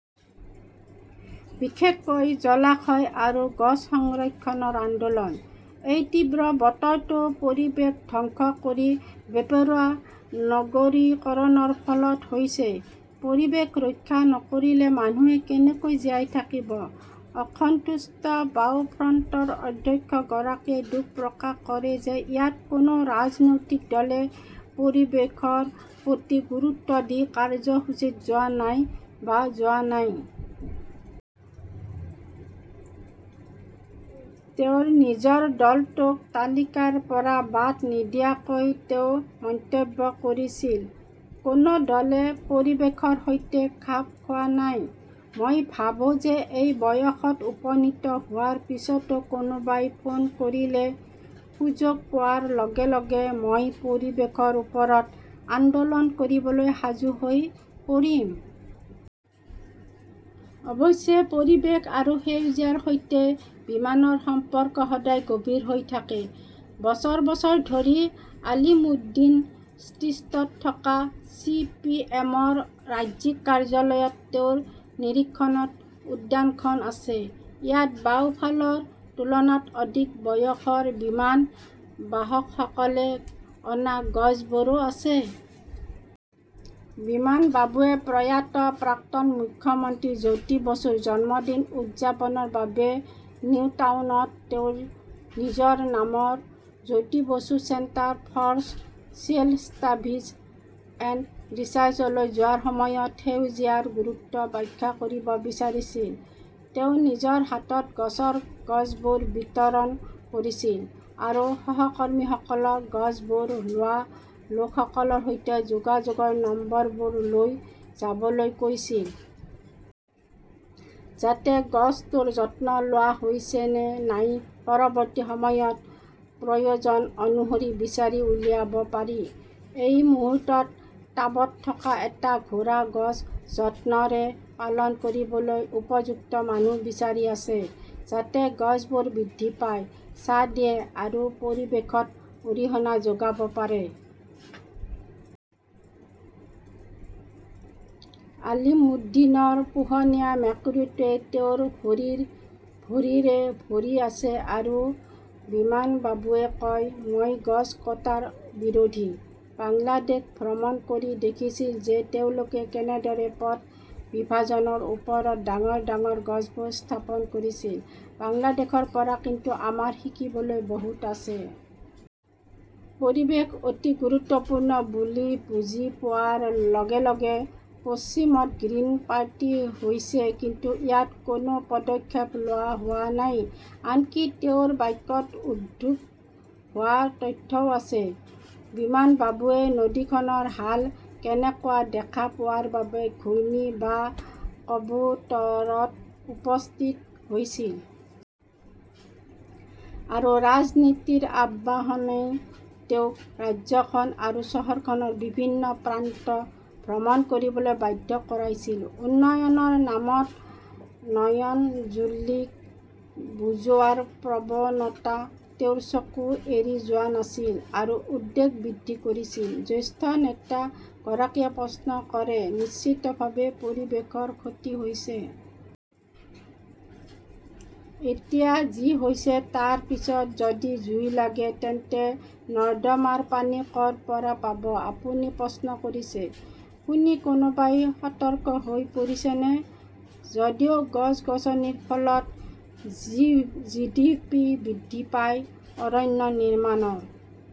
বিশেষকৈ জলাশয় আৰু গছ সংৰক্ষণৰ আন্দোলন। এই তীব্ৰ বতৰটো পৰিৱেশ ধ্বংস কৰি বেপৰোৱা নগৰীকৰণৰ ফলত হৈছে। পৰিৱেশ ৰক্ষা নকৰিলে মানুহে কেনেকৈ জীয়াই থাকিব? "অসন্তুষ্ট বাওঁ ফ্ৰণ্টৰ অধ্যক্ষগৰাকীয়ে দুখ প্ৰকাশ কৰে যে ইয়াত কোনো ৰাজনৈতিক দলে পৰিৱেশৰ প্ৰতি গুৰুত্ব দি কাৰ্যসূচীত যোৱা নাই বা যোৱা নাই। তেওঁৰ নিজৰ দলটোক তালিকাৰ পৰা বাদ নিদিয়াকৈ তেওঁ মন্তব্য কৰিছিল, "কোনো দলে পৰিৱেশৰ সৈতে খাপ খোৱা নাই। মই ভাবো যে এই বয়সত উপনীত হোৱাৰ পিছতো কোনোবাই ফোন কৰিলে, সুযোগ পোৱাৰ লগে লগে মই পৰিৱেশৰ ওপৰত আন্দোলন কৰিবলৈ সাজু হৈ পৰিম! "অৱশ্যে, পৰিৱেশ আৰু সেউজীয়াৰ সৈতে বিমানৰ সম্পৰ্ক সদায় গভীৰ হৈ থাকে। বছৰ বছৰ ধৰি আলিমুদ্দিন ষ্ট্ৰীটত থকা চি. পি. এম. -ৰ ৰাজ্যিক কাৰ্যালয়ত তেওঁৰ নিৰীক্ষণত উদ্যানখন আছে। ইয়াত বাওঁফালৰ তুলনাত অধিক বয়সৰ বিমান বাহকসকলে অনা গছবোৰো আছে! বিমানবাবুৱে প্ৰয়াত প্ৰাক্তন মুখ্যমন্ত্ৰী জ্যোতি বসুৰ জন্মদিন উদযাপনৰ বাবে নিউটাউনত তেওঁৰ নিজৰ নামৰ Jyoti Basu centre for so "serial studies and ৰিচাৰ্চলৈ যোৱাৰ সময়ত সেউজীয়াৰ গুৰুত্ব ব্যাখ্যা কৰিব বিচাৰিছিল। তেওঁ নিজৰ হাতত গছৰ গছবোৰ বিতৰণ কৰিছিল আৰু সহকৰ্মীসকলক গছবোৰ লোৱা লোকসকলৰ সৈতে যোগাযোগৰ নম্বৰবোৰ লৈ যাবলৈ কৈছিল। যাতে গছটোৰ যত্ন লোৱা হৈছে নে নাই পৰৱৰ্তী সময়ত প্ৰয়োজন অনুসৰি বিচাৰি উলিয়াব পাৰি। এই মুহূৰ্তত টাবত থকা এটা ঘোঁৰা গছ যত্নৰে পালন কৰিবলৈ উপযুক্ত মানুহ বিচাৰি আছে। যাতে গছবোৰ বৃদ্ধি পায়, ছাঁ দিয়ে আৰু পৰিৱেশত অৰিহণা যোগাব পাৰে। আলিমুদ্দিনৰ পোহনীয়া মেকুৰীটোৱে তেওঁৰ ভৰিৰ ভৰিৰে ভৰি আছে আৰু বিমানবাবুৱে কয়, "মই গছ কটাৰ বিৰোধী। বাংলাদেশ ভ্ৰমণ কৰি দেখিছিল যে তেওঁলোকে কেনেদৰে পথ বিভাজনৰ ওপৰত ডাঙৰ ডাঙৰ গছবোৰ স্থাপন কৰিছিল। বাংলাদেশৰ পৰা কিন্তু আমাৰ শিকিবলৈ বহুত আছে। "পৰিৱেশ অতি গুৰুত্বপূৰ্ণ বুলি বুজি পোৱাৰ লগে লগে পশ্চিমত গ্ৰীণ পাৰ্টি হৈছে কিন্তু ইয়াত কোনো পদক্ষেপ লোৱা হোৱা নাই, আনকি তেওঁৰ বাক্যত উদ্ভৱ হোৱা তথ্যও আছে। বিমানবাবুৱে নদীখনৰ হাল কেনেকুৱা দেখা পোৱাৰ বাবে ঘূৰ্ণী বা কবুতৰত উপস্থিত হৈছিল। আৰু ৰাজনীতিৰ আহ্বানই তেওঁক ৰাজ্যখন আৰু চহৰখনৰ বিভিন্ন প্ৰান্ত ভ্ৰমণ কৰিবলৈ বাধ্য কৰাইছিল। উন্নয়নৰ নামত নয়নজুলীক বুজোৱাৰ প্ৰৱণতা তেওঁৰ চকু এৰি যোৱা নাছিল আৰু উদ্বেগ বৃদ্ধি কৰিছিল। জ্যেষ্ঠ নেতা গৰাকীয়ে প্ৰশ্ন কৰে, "নিশ্চিতভাৱে পৰিৱেশৰ ক্ষতি হৈছে। এতিয়া যি হৈছে, তাৰ পিছত যদি জুই লাগে তেন্তে নৰ্দমাৰ পানী ক "ৰ পৰা পাব? "আপুনি প্ৰশ্ন কৰিছে। শুনি কোনোবাই সতৰ্ক হৈ পৰিছেনে? যদিও গছ-গছনিৰ ফলত জিডিপি বৃদ্ধি পায়, অৰণ্য নিৰ্মাণৰ